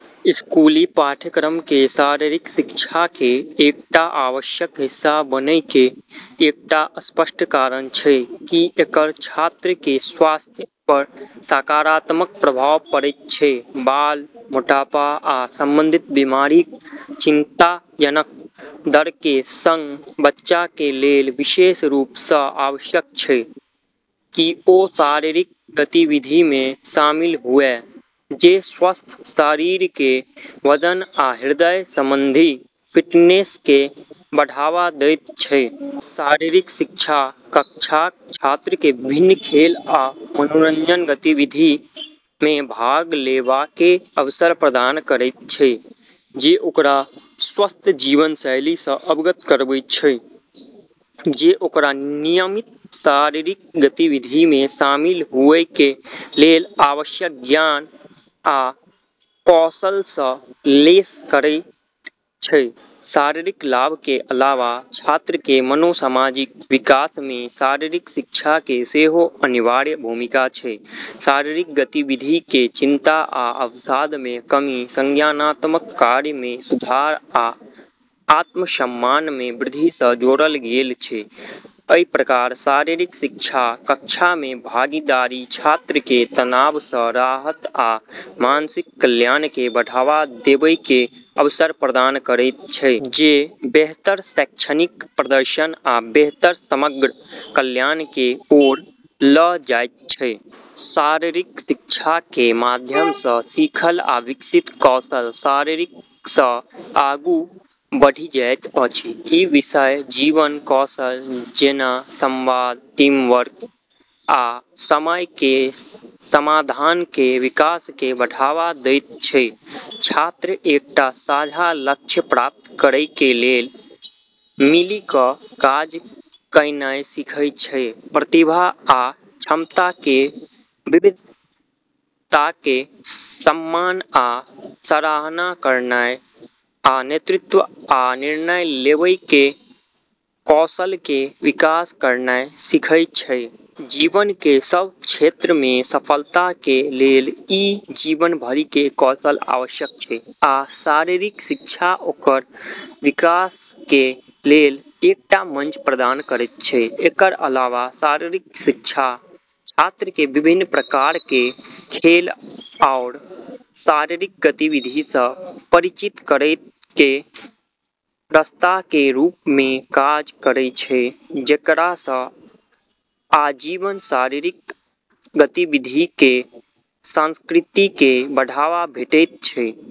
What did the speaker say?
स्कूली पाठ्यक्रमके शारीरिक शिक्षाके एकटा आवश्यक हिस्सा बनैके एकटा स्पष्ट कारण छै कि एकर छात्रके स्वास्थ्य पर सकारात्मक प्रभाव पड़ैत छै। बाल मोटापा आ संबंधित बीमारिक चिंताजनक दरके सङ्ग, बच्चाके लेल विशेष रूपसँ आवश्यक छै कि ओ शारीरिक गतिविधिमे शामिल हुए जे स्वस्थ शरीरके वजन आ हृदय संबंधी फिटनेसके बढ़ावा दैत छै। शारीरिक शिक्षा कक्षाक छात्रके विभिन्न खेल आ मनोरंजन गतिविधिमे भाग लेबाके अवसर प्रदान करैत छै जे ओकरा स्वस्थ जीवनशैलीसँ अवगत करबैत छै, जे ओकरा नियमित शारीरिक गतिविधिमे शामिल हुएके लेल आवश्यक ज्ञान आ कौशलसँ लैस करैत छै। शारीरिक लाभके अलावा छात्रके मनोसामाजिक विकासमे शारीरिक शिक्षाके सेहो अनिवार्य भूमिका छै। शारीरिक गतिविधिके चिंता आ अवसादमे कमी, संज्ञानात्मक कार्यमे सुधार, आ आत्मसम्मानमे वृद्धिसँ जोड़ल गेल छै। अइ प्रकार, शारीरिक शिक्षा कक्षामे भागीदारी छात्रके तनावसँ राहत आ मानसिक कल्याणके बढ़ावा देबैके अवसर प्रदान करैत छै, जे बेहतर शैक्षणिक प्रदर्शन आ बेहतर समग्र कल्याणके ओर ल' जाइत छै। शारीरिक शिक्षाके माध्यमसँ सीखल आ विकसित कौशल शारीरिकसँ आगू बढ़ि जाइत अछि। ई विषय जीवन कौशल जेना संवाद, टीम वर्क, आ समस्याके समाधानके विकासके बढ़ावा दैत छै। छात्र एकटा साझा लक्ष्य प्राप्त करैके लेल मिलि क' काज कयनाइ सीखय छै, प्रतिभा आ क्षमताके विविधताके सम्मान आ सराहना करनाइ, आ नेतृत्व आ निर्णय लेबैके कौशलके विकास करनाइ सीखय छै। जीवनके सब क्षेत्रमे सफलताके लेल इ जीवन भरिके कौशल आवश्यक छै, आ शारीरिक शिक्षा ओकर विकासके लेल एकटा मंच प्रदान करैत छै। एकर अलावा शारीरिक शिक्षा छात्रके विभिन्न प्रकारके खेल आओर शारीरिक गतिविधिसँ परिचित करैके रस्ताकेँ रूपमे काज करै छै, जेकरासँ आजीवन शारीरिक गतिविधिके संस्कृतिके बढ़ावा भेटैत छै।